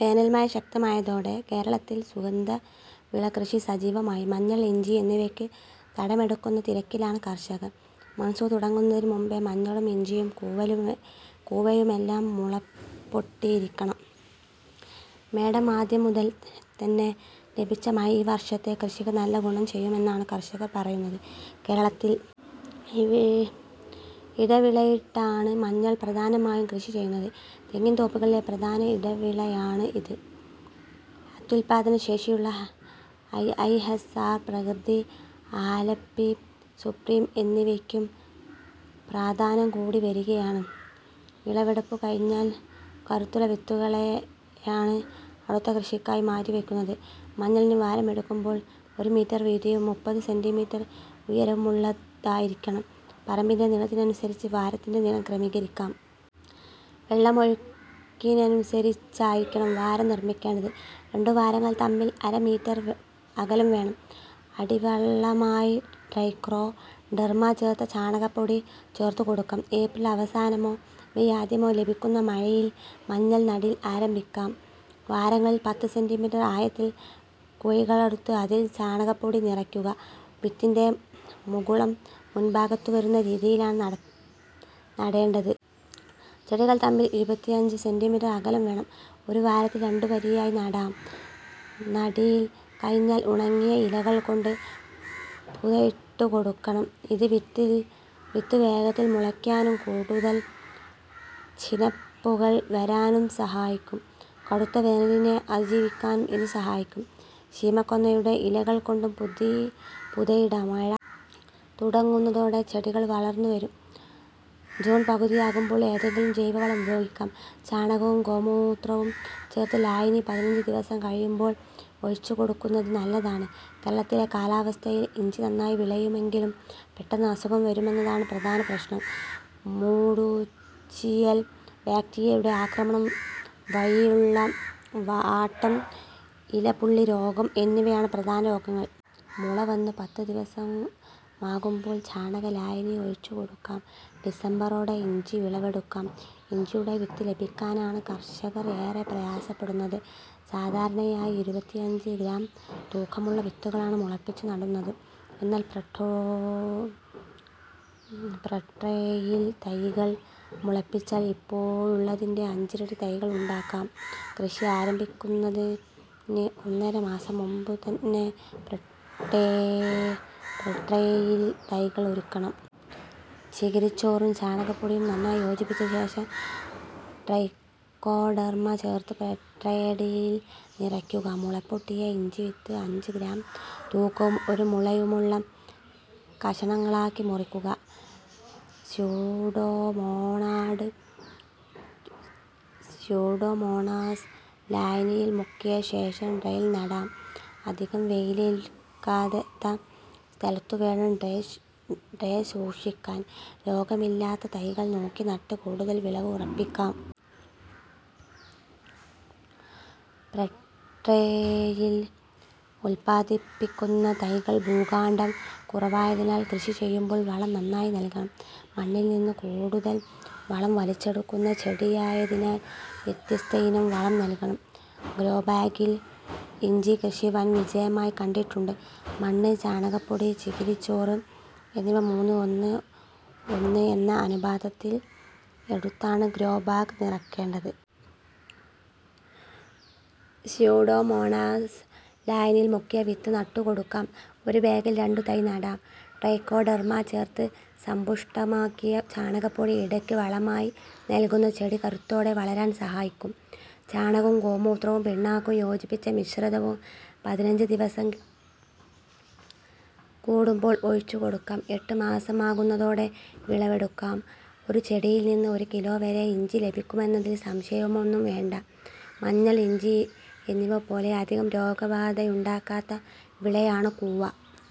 വേനൽമഴ ശക്തമായതോടെ കേരളത്തിൽ സുഗന്ധവിള കൃഷി സജീവമായി. മഞ്ഞൾ, ഇഞ്ചി എന്നിവയ്ക്ക് തടമെടുക്കുന്ന തിരക്കിലാണ് കർഷകർ. മൺസൂൺ തുടങ്ങുന്നതിനു മുമ്പേ മഞ്ഞളും ഇഞ്ചിയും കൂവയുമെല്ലാം മുളപൊട്ടിയിരിക്കണം. മേടം ആദ്യം മുതൽ തന്നെ ലഭിച്ച മഴ ഈ വർഷത്തെ കൃഷിക്ക് നല്ല ഗുണം ചെയ്യുമെന്നാണ് കർഷകർ പറയുന്നത്. കേരളത്തിൽ ഇവ ഇയെടവിളയായിട്ടാണ് മഞ്ഞൾ പ്രധാനമായും കൃഷി ചെയ്യുന്നത്. തെങ്ങിൻതോപ്പുകളിലെ പ്രധാന ഇടവിളയാണിത്. അത്യുൽപാദനശേഷിയുള്ള ഐഐഎസ്ആർ പ്രകൃതി, ആലപ്പി സുപ്രീം എന്നിവയ്ക്കും പ്രാധാന്യം കൂടിവരികയാണ്. വിളവെടുപ്പു കഴിഞ്ഞാൽ കരുത്തുള്ള വിത്തുകളെയാണ് അടുത്ത കൃഷിക്കായി മാറ്റിവയ്ക്കുന്നത്. മഞ്ഞളിന് വാരം എടുക്കുമ്പോൾ ഒരു മീറ്റർ വീതിയും മുപ്പത് സെന്റീമീറ്റർ ഉയരവുമുള്ളതായിരിക്കണം. പറമ്പിന്റെ നീളത്തിനനുസരിച്ച് വാരത്തിന്റെ നീളം ക്രമീകരിക്കാം. വെള്ളമൊഴുക്കിനനുസരിച്ചായിരിക്കണം വാരം നിർമിക്കേണ്ടത്. രണ്ടു വാരങ്ങൾ തമ്മിൽ അര മീറ്റർ അകലം വേണം. അടിവളമായി ട്രൈക്കോഡെർമ ചേർത്ത ചാണകപ്പൊടി ചേർത്തുകൊടുക്കാം. ഏപ്രിൽ അവസാനമോ മേയ് ആദ്യമോ ലഭിക്കുന്ന മഴയിൽ മഞ്ഞൾ നടീൽ ആരംഭിക്കാം. വാരങ്ങളിൽ പത്ത് സെന്റീമീറ്റർ ആഴത്തിൽ കുഴികളെടുത്ത് അതിൽ ചാണകപ്പൊടി നിറയ്ക്കുക. വിത്തിന്റെ മുകുളം മുകൾഭാഗത്തുവരുന്ന രീതിയിലാണ് നടേണ്ടത്. ചെടികൾ തമ്മിൽ ഇരുപത്തിയഞ്ച് സെന്റീമീറ്റർ അകലം വേണം. ഒരു വാരത്തിൽ രണ്ടു വരിയായി നടാം. നടീൽ കഴിഞ്ഞാൽ ഉണങ്ങിയ ഇലകൾ കൊണ്ട് പുതയിട്ടുകൊടുക്കണം. ഇത് വിത്ത് വേഗത്തിൽ മുളയ്ക്കാനും കൂടുതൽ ചിനപ്പുകൾ വരാനും സഹായിക്കും. കടുത്ത വേനലിനെ അതിജീവിക്കാനും ഇത് സഹായിക്കും. ശീമക്കൊന്നയുടെ ഇലകൾ കൊണ്ടും പുതയിടാം. മഴ തുടങ്ങുന്നതോടെ ചെടികൾ വളർന്നുവരും. ജൂൺ പകുതിയാകുമ്പോൾ ഏതെങ്കിലും ജൈവവളം ഉപയോഗിക്കാം. ചാണകവും ഗോമൂത്രവും ചേർത്ത ലായനി പതിനഞ്ച് ദിവസം കൂടുമ്പോൾ ഒഴിച്ചുകൊടുക്കുന്നത് നല്ലതാണ്. കേരളത്തിലെ കാലാവസ്ഥയിൽ ഇഞ്ചി നന്നായി വിളയുമെങ്കിലും പെട്ടെന്ന് അസുഖം വരുമെന്നതാണ് പ്രധാന പ്രശ്നം. മൂടുചീയൽ, ബാക്ടീരിയയുടെ ആക്രമണം വഴിയുള്ള വാട്ടം, ഇലപ്പുള്ളിരോഗം എന്നിവയാണ് പ്രധാന രോഗങ്ങൾ. മുള വന്ന് പത്ത് ദിവസമാകുമ്പോൾ ചാണക ലായനി ഒഴിച്ചുകൊടുക്കാം. ഡിസംബറോടെ ഇഞ്ചി വിളവെടുക്കാം. ഇഞ്ചിയുടെ വിത്ത് ലഭിക്കാനാണ് കർഷകർ ഏറെ പ്രയാസപ്പെടുന്നത്. സാധാരണയായി ഇരുപത്തിയഞ്ച് ഗ്രാം തൂക്കമുള്ള വിത്തുകളാണ് മുളപ്പിച്ച് നടുന്നത്. എന്നാൽ പ്രോട്രേയിൽ തൈകൾ മുളപ്പിച്ചാൽ ഇപ്പോഴുള്ളതിന്റെ അഞ്ചിരട്ടി തൈകൾ ഉണ്ടാക്കാം. കൃഷി ആരംഭിക്കുന്നതിന് ഒന്നര മാസം മുമ്പുതന്നെ പ്രോട്രേയിൽ തൈകൾ ഒരുക്കണം. ചകിരിച്ചോറും ചാണകപ്പൊടിയും നന്നായി യോജിപ്പിച്ചശേഷം ട്രൈക്കോഡെർമ ചേർത്ത് പ്രോട്രേയിൽ നിറയ്ക്കുക. മുളപൊട്ടിയ ഇഞ്ചിവിത്ത് അഞ്ച് ഗ്രാം തൂക്കവും ഒരു മുളയുമുള്ള കഷണങ്ങളാക്കി മുറിക്കുക. സ്യൂഡോമോണാസ് ലായനിയിൽ മുക്കിയശേഷം ട്രേയിൽ നടാം. അധികം വെയിലേൽക്കാത്ത സ്ഥലത്തുവേണം ട്രേ സൂക്ഷിക്കാൻ. രോഗമില്ലാത്ത തൈകൾ നോക്കി നട്ട് കൂടുതൽ വിളവ് ഉറപ്പിക്കാം. പ്രോട്രേയിൽ ഉൽപാദിപ്പിക്കുന്ന തൈകൾക്ക് ഭൂകാണ്ഡം കുറവായതിനാൽ കൃഷി ചെയ്യുമ്പോൾ വളം നന്നായി നൽകണം. മണ്ണിൽനിന്ന് കൂടുതൽ വളം വലിച്ചെടുക്കുന്ന ചെടിയായതിനാൽ വ്യത്യസ്തയിനം വളം നൽകണം. ഗ്രോബാഗിൽ ഇഞ്ചിക്കൃഷി വൻ വിജയമായി കണ്ടിട്ടുണ്ട്. മണ്ണ്, ചാണകപ്പൊടി, ചകിരിച്ചോറ് എന്നിവ മൂന്ന് ഒന്ന് ഒന്ന് എന്ന അനുപാതത്തിൽ എടുത്താണ് ഗ്രോബാഗ് നിറയ്ക്കേണ്ടത്. സ്യൂഡോമോണാസ് ലായനിയിൽ മുക്കിയ വിത്ത് നട്ടുകൊടുക്കാം. ഒരു ബാഗിൽ രണ്ടു തൈ നടാം. ട്രൈക്കോഡെർമ ചേർത്ത് സമ്പുഷ്ടമാക്കിയ ചാണകപ്പൊടി ഇടയ്ക്ക് വളമായി നൽകുന്നത് ചെടി കരുത്തോടെ വളരാൻ സഹായിക്കും. ചാണകവും ഗോമൂത്രവും പിണ്ണാക്കും യോജിപ്പിച്ച മിശ്രിതവും പതിനഞ്ച് ദിവസം കൂടുമ്പോൾ ഒഴിച്ചുകൊടുക്കാം. എട്ട് മാസമാകുന്നതോടെ വിളവെടുക്കാം. ഒരു ചെടിയിൽനിന്ന് ഒരു കിലോ വരെ ഇഞ്ചി ലഭിക്കുമെന്നതിൽ സംശയമൊന്നും വേണ്ട. മഞ്ഞൾ, ഇഞ്ചി എന്നിവപോലെ അധികം രോഗബാധയുണ്ടാകാത്ത വിളയാണ് കൂവ.